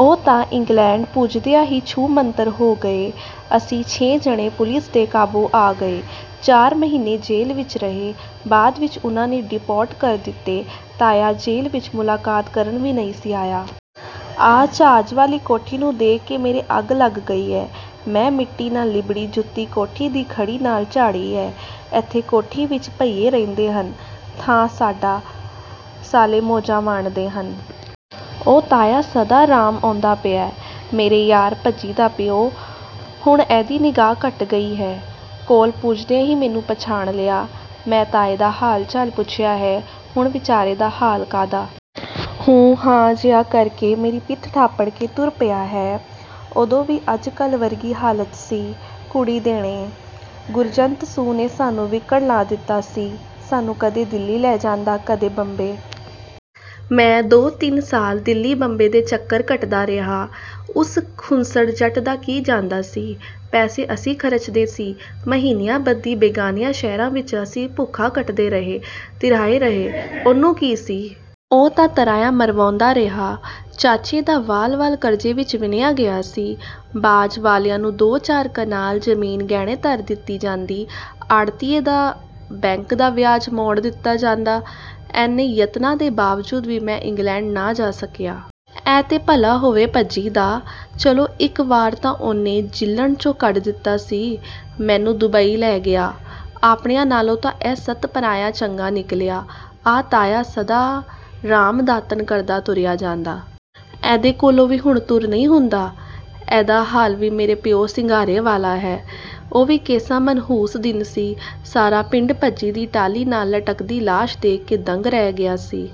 ਉਹ ਤਾਂ ਇੰਗਲੈਂਡ ਪੁੱਜਦਿਆਂ ਈ ਛੂ-ਮੰਤਰ ਹੋ ਗਏ। ਅਸੀਂ ਛੇ ਜਣੇ ਪੁਲਿਸ ਦੇ ਕਾਬੂ ਆ ਗਏ। ਚਾਰ ਮਹੀਨੇ ਜੇਲ੍ਹ ਵਿੱਚ ਰਹੇ। ਬਾਅਦ ਵਿੱਚ ਉਨ੍ਹਾਂ ਨੇ ਡੀਪੋਰਟ ਕਰ ਦਿੱਤੇ। ਤਾਇਆ ਜੇਲ੍ਹ ਵਿੱਚ ਮੁਲਾਕਾਤ ਕਰਨ ਵੀ ਨਈਂ ਸੀ ਆਇਆ। ਆਹ ਜਹਾਜ਼ ਵਾਲੀ ਕੋਠੀ ਨੂੰ ਦੇਖ ਕੇ ਮੇਰੇ ਅੱਗ ਲੱਗ ਗਈ ਹੈ। ਮੈਂ ਮਿੱਟੀ ਨਾਲ ਲਿਬੜੀ ਜੁੱਤੀ ਕੋਠੀ ਦੀ ਥੜ੍ਹੀ ਨਾਲ ਝਾੜੀ ਹੈ। ਇੱਥੇ ਕੋਠੀ ਵਿੱਚ ਭਈਏ ਰਹਿੰਦੇ ਹਨ। ਥਾਂ ਸਾਡਾ…। ਸਾਲੇ ਮੌਜਾਂ ਮਾਣਦੇ ਹਨ। ਉਹ ਤਾਇਆ ਸਦਾ ਰਾਮ ਆਉਂਦਾ ਪਿਆ। ਮੇਰੇ ਯਾਰ ਭੱਜੀ ਦਾ ਪਿਓ। ਹੁਣ ਇਹਦੀ ਨਿਗ੍ਹਾ ਘੱਟ ਗਈ ਹੈ। ਕੋਲ ਪੁੱਜਦਿਆਂ ਹੀ ਮੈਨੂੰ ਪਛਾਣ ਲਿਆ। ਮੈਂ ਤਾਏ ਦਾ ਹਾਲ ਚਾਲ ਪੁੱਛਿਆ ਹੈ। ਹੁਣ ਵਿਚਾਰੇ ਦਾ ਹਾਲ ਕਾਹਦਾ। 'ਹੂੰ-ਹਾਂ' ਜਿਹਾ ਕਰਕੇ ਮੇਰੀ ਪਿੱਠ ਥਾਪੜ ਕੇ ਤੁਰ ਪਿਆ ਹੈ। ਉਦੋਂ ਵੀ ਅੱਜ ਕੱਲ੍ਹ ਵਰਗੀ ਹਾਲਤ ਸੀ। ਕੁੜੀ ਦੇਣੇ… ਗੁਰਜੰਟ ਸੁੰਹ ਨੇ ਸਾਨੂੰ ਵਿਕਣ ਲਾ ਦਿੱਤਾ ਸੀ। ਸਾਨੂੰ ਕਦੇ ਦਿੱਲੀ ਲੈ ਜਾਂਦਾ, ਕਦੇ ਬੰਬੇ। ਮੈਂ ਦੋ-ਤਿੰਨ ਸਾਲ ਦਿੱਲੀ-ਬੰਬੇ ਦੇ ਚੱਕਰ ਕੱਟਦਾ ਰਿਹਾ। ਉਸ ਖੁੱਸੜ ਜੱਟ ਦਾ ਕੀ ਜਾਂਦਾ ਸੀ। ਪੈਸੇ ਅਸੀਂ ਖਰਚਦੇ ਸੀ। ਮਹੀਨਿਆਂ ਬੱਧੀ ਬੇਗਾਨਿਆਂ ਸ਼ਹਿਰਾਂ ਵਿੱਚ ਅਸੀਂ ਭੁੱਖਾਂ ਕੱਟਦੇ ਰਹੇ, ਤਿਰਹਾਏ ਰਹੇ, ਉਹਨੂੰ ਕੀ ਸੀ? ਉਹ ਤਾਂ ਟਰਾਈਆਂ ਮਰਵਾਉਂਦਾ ਰਿਹਾ। ਚਾਚੇ ਦਾ ਵਾਲ-ਵਾਲ ਕਰਜ਼ੇ ਵਿੱਚ ਵਿਨ੍ਹਿਆਂ ਗਿਆ ਸੀ। ਬਾਜ਼ ਵਾਲਿਆਂ ਨੂੰ ਦੋ ਚਾਰ ਕਨਾਲ ਜ਼ਮੀਨ ਗਹਿਣੇ ਧਰ ਦਿੱਤੀ ਜਾਂਦੀ। ਆੜ੍ਹਤੀਏ ਦਾ… ਬੈਂਕ ਦਾ ਵਿਆਜ਼ ਮੋੜ ਦਿੱਤਾ ਜਾਂਦਾ। ਐਨੇ ਯਤਨਾਂ ਦੇ ਬਾਵਜੂਦ ਵੀ ਮੈਂ ਇੰਗਲੈਂਡ ਨਾ ਜਾ ਸਕਿਆ। ਇਹ ਤੇ ਭਲਾ ਹੋਵੇ ਭੱਜੀ ਦਾ। ਚਲੋ ਇੱਕ ਵਾਰ ਤਾਂ ਉਹਨੇ ਜਿੱਲਣ੍ਹ 'ਚੋਂ ਕੱਢ ਦਿੱਤਾ ਸੀ। ਮੈਨੂੰ ਡੁਬਈ ਲੈ ਗਿਆ। ਆਪਣਿਆਂ ਨਾਲੋਂ ਤਾਂ ਇਹ ਸੱਤ ਪਰਾਇਆ ਚੰਗਾ ਨਿਕਲਿਆ। ਆਹ ਤਾਇਆ ਸਦਾ ਰਾਮ ਦਾਤਣ ਕਰਦਾ ਤੁਰਿਆ ਜਾਂਦਾ। ਇਹਦੇ ਕੋਲੋਂ ਵੀ ਹੁਣ ਤੁਰ ਨਈਂ ਹੁੰਦਾ। ਇਹਦਾ ਹਾਲ ਵੀ ਮੇਰੇ ਪਿਓ ਸ਼ਿੰਗਾਰੇ ਵਾਲਾ ਹੈ। ਉਹ ਵੀ ਕੇਹਾ ਮਨਹੂਸ ਦਿਨ ਸੀ। ਸਾਰਾ ਪਿੰਡ ਭੱਜੀ ਦੀ ਟਾਹਲੀ ਨਾਲ ਲਟਕਦੀ ਲਾਸ਼ ਦੇਖ ਕੇ ਦੰਗ ਰਹਿ ਗਿਆ ਸੀ।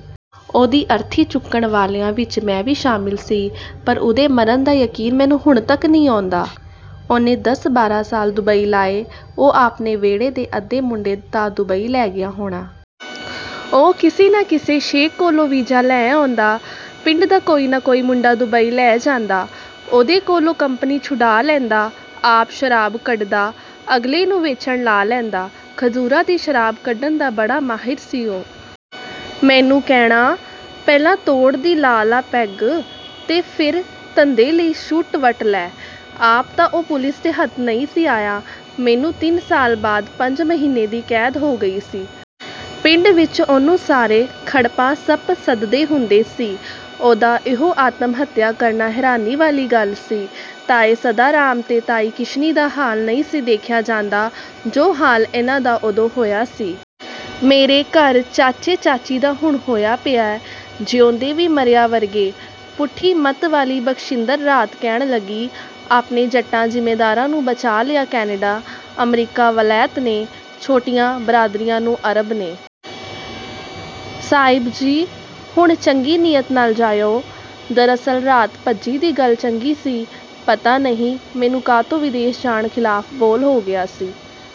ਉਹਦੀ ਅਰਥੀ ਚੁੱਕਣ ਵਾਲਿਆਂ ਵਿੱਚ ਮੈਂ ਵੀ ਸ਼ਾਮਿਲ ਸੀ। ਪਰ ਉਹਦੇ ਮਰਨ ਦਾ ਯਕੀਨ ਮੈਨੂੰ ਹੁਣ ਤੱਕ ਵੀ ਨਈਂ ਆਉਂਦਾ। ਉਹਨੇ ਦਸ-ਬਾਰ੍ਹਾਂ ਸਾਲ ਡੁਬਈ ਲਾਏ। ਉਹ ਆਪਣੇ ਵਿਹੜੇ ਦੇ ਅੱਧੇ ਮੁੰਡੇ ਤਾਂ ਡੁਬਈ ਲੈ ਗਿਆ ਹੋਣਾ। ਉਹ ਕਿਸੇ ਨਾ ਕਿਸੇ ਸ਼ੇਖ ਕੋਲੋਂ ਵੀਜ਼ਾ ਲੈ ਆਉਂਦਾ। ਪਿੰਡ ਦਾ ਕੋਈ ਨਾ ਕੋਈ ਮੁੰਡਾ ਦੁਬਈ ਲੈ ਜਾਂਦਾ। ਉਹਦੇ ਕੋਲੋਂ ਕੰਪਨੀ ਛੁਡਾ ਲੈਂਦਾ। ਆਪ ਸ਼ਰਾਬ ਕੱਢਦਾ। ਅਗਲੇ ਨੂੰ ਵੇਚਣ ਲਾ ਲੈਂਦਾ। ਖਜ਼ੂਰਾਂ ਦੀ ਸ਼ਰਾਬ ਕੱਢਣ ਦਾ ਬੜਾ ਮਾਹਿਰ ਸੀ ਉਹ। ਮੈਨੂੰ ਕਹਿਣਾ… "ਪਹਿਲੇ ਤੋੜ ਦੀ ਦਾ ਲਾ ਪੈੱਗ। ਤੇ ਫੇਰ ਧੰਦੇ ਲਈ ਸ਼ੂਟ ਵੱਟ ਲੈ। " ਆਪ ਤਾਂ ਉਹ ਪੁਲਿਸ ਦੇ ਹੱਥ ਨਈਂ ਸੀ ਆਇਆ। ਮੈਨੂੰ ਤਿੰਨ ਸਾਲ ਬਾਅਦ ਪੰਜ ਮਹੀਨੇ ਦੀ ਕੈਦ ਹੋ ਗਈ ਸੀ। ਪਿੰਡ ਵਿੱਚ ਉਹਨੂੰ ਸਾਰੇ 'ਖੜੱਪਾ ਸੱਪ' ਸੱਦਦੇ ਹੁੰਦੇ ਸੀ। ਉਹਦਾ ਇਉਂ ਆਤਮ-ਹੱਤਿਆ ਕਰਨਾ ਹੈਰਾਨੀ ਵਾਲੀ ਗੱਲ ਸੀ। ਤਾਏ ਸਦਾ ਰਾਮ ਤੇ ਤਾਈ ਕਿਸ਼ਨੀ ਦਾ ਹਾਲ ਨਈਂ ਸੀ ਦੇਖਿਆ ਜਾਂਦਾ। ਜੋ ਹਾਲ ਇਨ੍ਹਾਂ ਦਾ ਉਦੋਂ ਹੋਇਆ ਸੀ। ਮੇਰੇ ਘਰ ਚਾਚੇ ਚਾਚੀ ਦਾ ਹੁਣ ਹੋਇਆ ਪਿਆ। ਜੀਉਂਦੇ ਵੀ ਮਰਿਆਂ ਵਰਗੇ। ਪੁੱਠੀ ਮੱਤ ਵਾਲੀ ਬਖਸ਼ਿੰਦਰ ਰਾਤ ਕਹਿਣ ਲੱਗੀ। "ਆਪਣੇ ਜੱਟਾਂ ਜ਼ਿਮੀਦਾਰਾਂ ਨੂੰ ਬਚਾਅ ਲਿਆ ਕਨੈਡਾ, ਅਮਰੀਕਾ, ਵਲੈਤ ਨੇ। ਛੋਟੀਆਂ ਬਰਾਦਰੀਆਂ ਨੂੰ ਅਰਬ ਨੇ।… ਸਾਹਿਬ ਜੀ, ਹੁਣ ਚੰਗੀ ਨੀਅਤ ਨਾਲ ਜਾਇਓ। " ਦਰਅਸਲ ਰਾਤ ਭੱਜੀ ਦੀ ਗੱਲ ਚੱਲੀ ਸੀ। ਪਤਾ ਨਈਂ ਮੈਤੋਂ ਕਾਹਤੋਂ ਵਿਦੇਸ਼ ਜਾਣ ਖਿਲਾਫ਼ ਬੋਲ ਹੋ ਗਿਆ ਸੀ।